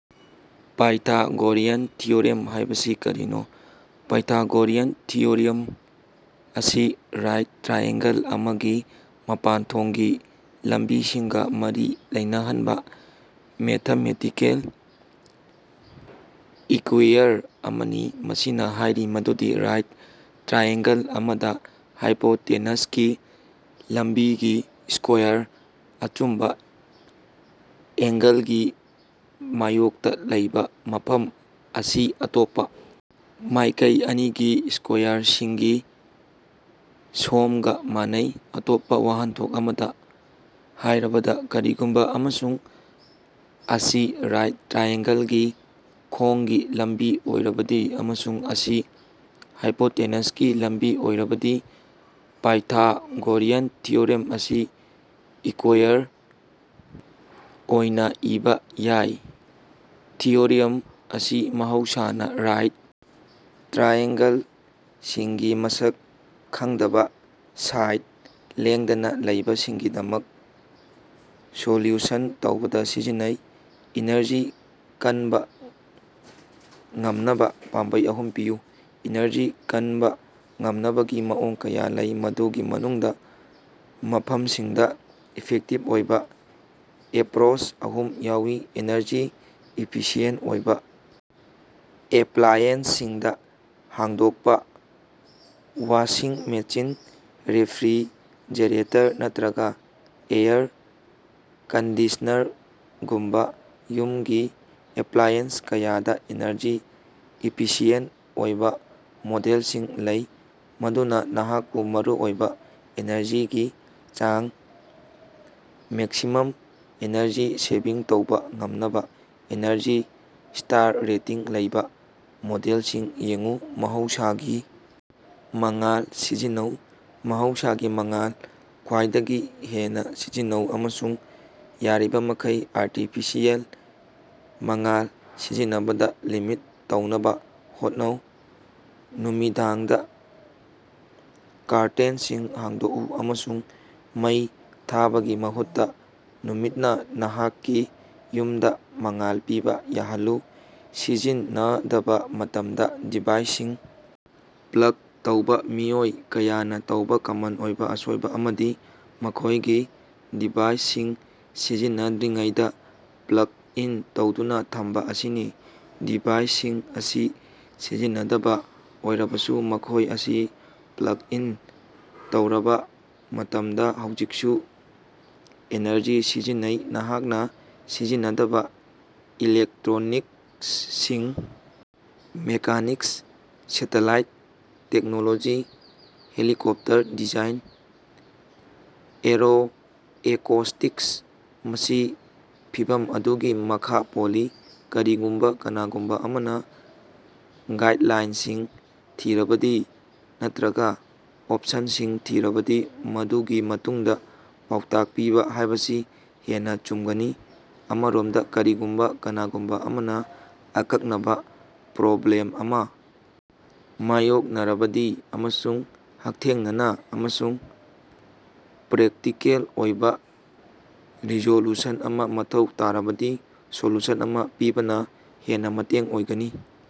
Pythagorean theorem ꯍꯥꯕꯁꯤ ꯀꯔꯤꯅꯣ? Pythagorean theorem ꯑꯁꯤ ꯔꯥꯏꯠ ꯇ꯭ꯔꯥꯏꯑꯦꯡꯒꯜ ꯑꯃꯒꯤ ꯃꯄꯥꯟꯊꯣꯡꯒꯤ ꯂꯝꯕꯤꯁꯤꯡꯒ ꯃꯔꯤ ꯂꯩꯅꯍꯟꯕ ꯃꯦꯊꯃꯦꯇꯤꯀꯦꯜ ꯏꯀ꯭ꯌꯨꯏꯌꯔ ꯑꯃꯅꯤ꯫ ꯃꯁꯤꯅ ꯍꯥꯏꯔꯤ ꯃꯗꯨꯗꯤ ꯔꯥꯏꯠ ꯇ꯭ꯔꯥꯏꯑꯦꯡꯒꯜ ꯑꯃꯗ ꯍꯥꯏꯄꯣꯇꯦꯅꯁꯀꯤ ꯂꯝꯕꯤꯒꯤ ꯁ꯭ꯀꯣꯌꯥꯔ ,ꯑꯆꯨꯝꯕ ꯑꯦꯡꯒꯜꯒꯤ ꯃꯥꯌꯣꯛꯇ ꯂꯩꯕ ꯃꯐꯝ ꯑꯁꯤ ꯑꯇꯣꯞꯄ ꯃꯥꯏꯀꯩ ꯑꯅꯤꯒꯤ ꯁ꯭ꯀꯣꯌꯥꯔꯁꯤꯡꯒꯤ ꯁꯣꯝꯒ ꯃꯥꯟꯅꯩ꯫ ꯑꯇꯣꯞꯄ ꯋꯥꯍꯟꯊꯣꯛ ꯑꯃꯗ ꯍꯥꯏꯔꯕꯗ, ꯀꯔꯤꯒꯨꯝꯕ ꯑꯃꯁꯨꯡ ꯑꯁꯤ ꯔꯥꯏꯠ ꯇ꯭ꯔꯥꯏꯑꯦꯡꯒꯜꯒꯤ ꯈꯣꯡꯒꯤ ꯂꯝꯕꯤ ꯑꯣꯏꯔꯕꯗꯤ ꯑꯃꯁꯨꯡ ꯑꯁꯤ ꯍꯥꯏꯄꯣꯇꯦꯅꯁꯀꯤ ꯂꯝꯕꯤ ꯑꯣꯏꯔꯕꯗꯤ, ꯄꯥꯏꯊꯥꯒꯣꯔꯤꯌꯟ ꯊꯤꯑꯣꯔꯤꯝ ꯑꯁꯤ ꯏꯀ꯭ꯌꯨꯏꯌꯔ ꯑꯣꯏꯅ ꯏꯕꯥ ꯌꯥꯏ꯫ ꯊꯤꯑꯣꯔꯤꯝ ꯑꯁꯤ ꯃꯍꯧꯁꯥꯅ ꯔꯥꯏꯠ ꯇ꯭ꯔꯥꯏꯑꯦꯡꯒꯜꯁꯤꯡꯒꯤ ꯃꯁꯛ ꯈꯪꯗꯕ ꯁꯥꯏꯗ ꯂꯦꯡꯗꯅ ꯂꯩꯕꯁꯤꯡꯒꯤꯗꯃꯛꯇ ꯁꯣꯂ꯭ꯌꯨꯁꯟ ꯇꯧꯕꯗ ꯁꯤꯖꯤꯟꯅꯩ꯫ ꯏꯅꯔꯖꯤ ꯀꯟꯕ ꯉꯝꯅꯕ ꯄꯥꯝꯕꯩ ꯑꯍꯨꯝ ꯄꯤꯌꯨ꯫ ꯏꯅꯔꯖꯤ ꯀꯟꯕ ꯉꯝꯅꯕꯒꯤ ꯃꯑꯣꯡ ꯀꯌꯥ ꯂꯩ, ꯃꯗꯨꯒꯤ ꯃꯅꯨꯡꯗ, ꯃꯐꯝꯁꯤꯗ ꯏꯐꯦꯛꯇꯤꯚ ꯑꯣꯏꯕ‌ ꯑꯦꯞꯔꯣꯆ ꯑꯍꯨꯝ ꯌꯥꯎꯏ - ꯑꯦꯅꯔꯖꯤ ꯏꯐꯤꯁꯤꯑꯦꯟꯇ ꯑꯣꯏꯕ ꯑꯦꯄ꯭ꯂꯥꯏꯑꯦꯟꯁꯁꯤꯡꯗ ꯍꯣꯡꯗꯣꯛꯄ -ꯋꯥꯁꯤꯡ ꯃꯦꯁꯤꯟ, ꯔꯦꯐ꯭ꯔꯤꯖꯔꯦꯇꯔ, ꯅꯠꯇꯔꯒ ꯑꯦꯌꯔ ꯀꯟꯗꯤꯁꯅ꯭ꯔꯒꯨꯝꯕ ꯌꯨꯝꯒꯤ ꯑꯦꯄ꯭ꯂꯥꯏꯑꯦꯟꯁ ꯀꯌꯥꯗ ꯑꯦꯅꯔꯖꯤ ꯏꯐꯤꯁꯤꯑꯦꯟꯇ ꯑꯣꯏꯕ ꯃꯣꯗꯦꯜꯁꯤꯡ ꯂꯩ, ꯃꯗꯨꯅ ꯅꯍꯥꯛꯄꯨ ꯃꯔꯨꯑꯣꯏꯕ ꯑꯦꯅꯔꯖꯤꯒꯤ ꯆꯥꯡ ꯃꯦꯛꯁꯤꯃꯝ ꯑꯦꯅꯔꯖꯤ ꯁꯦꯚꯤꯡ ꯇꯧꯕ ꯉꯝꯅꯕ ꯑꯦꯅꯔꯖꯤ ꯁ꯭ꯇꯥꯔ ꯔꯦꯇꯤꯡ ꯂꯩꯕ ꯃꯣꯗꯦꯜꯁꯤꯡ ꯌꯦꯡꯎ꯫ ꯃꯍꯧꯁꯥꯒꯤ ꯃꯉꯥꯜ ꯁꯤꯖꯤꯟꯅꯧ - ꯃꯍꯧꯁꯥꯒꯤ ꯃꯉꯥꯜ ꯈ꯭ꯋꯥꯏꯗꯒꯤ ꯍꯦꯟꯅ ꯁꯤꯖꯤꯟꯅꯧ ꯑꯃꯁꯨꯡ ꯌꯥꯔꯤꯕ ꯃꯈꯩ ꯑꯥꯔꯇꯤꯐꯤꯁꯤꯑꯦꯜ ꯃꯉꯥꯜ ꯁꯤꯖꯤꯟꯅꯕꯗ ꯂꯤꯃꯤꯠ ꯇꯧꯅꯕ ꯍꯣꯠꯅꯧ꯫ ꯅꯨꯃꯤꯗꯥꯡꯗ ꯀꯥꯔꯇꯦꯟꯁꯤꯡ ꯍꯥꯡꯗꯣꯛꯎ ꯑꯃꯁꯨꯡ ꯃꯩ ꯊꯥꯕꯒꯤ ꯃꯍꯨꯠꯇ ꯅꯨꯃꯤꯠꯅ ꯅꯍꯥꯛꯀꯤ ꯌꯨꯝꯗ ꯃꯉꯥꯜ ꯄꯤꯕ ꯌꯥꯍꯜꯂꯨ꯫ ꯁꯤꯖꯤꯟꯅꯗꯕ ꯃꯇꯝꯗ ꯗꯤꯚꯥꯏꯁꯁꯤꯡ ꯄ꯭ꯂꯒ ꯇꯧꯕ -ꯃꯤꯑꯣꯏ ꯀꯌꯥꯅ ꯇꯧꯕ ꯀꯃꯟ ꯑꯣꯏꯕ ꯑꯁꯣꯏꯕ ꯑꯃꯗꯤ ꯃꯈꯣꯏꯒꯤ ꯗꯤꯚꯥꯏꯁꯁꯤꯡ ꯁꯤꯖꯤꯟꯅꯗ꯭ꯔꯤꯉꯩꯗ ꯄ꯭ꯂꯒ ꯏꯟ ꯇꯧꯗꯨꯅ ꯊꯝꯕ ꯑꯁꯤꯅꯤ꯫ ꯗꯤꯚꯥꯏꯁꯁꯤꯡ ꯑꯁꯤ ꯁꯤꯖꯤꯟꯅꯗꯕ ꯑꯣꯏꯔꯕꯁꯨ, ꯃꯈꯣꯏ ꯑꯁꯤ ꯄ꯭ꯂꯒ ꯏꯟ ꯇꯧꯔꯕ ꯃꯇꯝꯗ ꯍꯧꯖꯤꯛꯁꯨ ꯑꯦꯅꯔꯖꯤ ꯁꯤꯖꯤꯟꯅꯩ, ꯅꯍꯥꯛꯅ ꯁꯤꯖꯤꯟꯅꯗꯕ ꯏꯂꯦꯛꯇ꯭ꯔꯣꯅꯤꯛꯁꯁꯤꯡ mechanics satellite technology helicopter design aeroacoustics ꯃꯁꯤ ꯐꯤꯚꯝ ꯑꯗꯨꯒꯤ ꯃꯈ ꯄꯣꯜꯂꯤ꯫ ꯀꯔꯤꯒꯨꯝꯕ ꯀꯅꯥꯒꯨꯝꯕ ꯑꯃꯅ ꯒꯥꯏꯗꯂꯥꯏꯟꯁꯤꯡ ꯊꯤꯔꯕꯗꯤ ꯅꯠꯇꯔꯒ ꯑꯣꯞꯁꯟꯁꯤꯡ ꯊꯤꯔꯕꯗꯤ, ꯃꯗꯨꯒꯤ ꯃꯇꯨꯡꯗ ꯄꯥꯎꯇꯥꯛ ꯄꯤꯕ ꯍꯥꯏꯕꯁꯤ ꯍꯦꯟꯅ ꯆꯨꯝꯒꯅꯤ꯫ ꯑꯃꯔꯣꯝꯗ, ꯀꯔꯤꯒꯨꯝꯕ ꯀꯅꯥꯒꯨꯝꯕ ꯑꯃꯅ ꯑꯀꯛꯅꯕ ꯄ꯭ꯔꯣꯕ꯭ꯂꯦꯝ ꯑꯃ ꯃꯥꯌꯣꯛꯅꯔꯕꯗꯤ ꯑꯃꯁꯨꯡ ꯍꯛꯊꯦꯡꯅꯅ ꯑꯃꯁꯨꯡ ꯄ꯭ꯔꯦꯛꯇꯤꯀꯦꯜ ꯑꯣꯏꯕ ꯔꯤꯖꯣꯂꯨꯁꯟ ꯑꯃ ꯃꯊꯧ ꯇꯥꯔꯕꯗꯤ ꯁꯣꯂꯨꯁꯟ ꯑꯃ ꯄꯤꯕꯅ ꯍꯦꯟꯅ ꯃꯇꯦꯡ ꯑꯣꯏꯒꯅꯤ꯫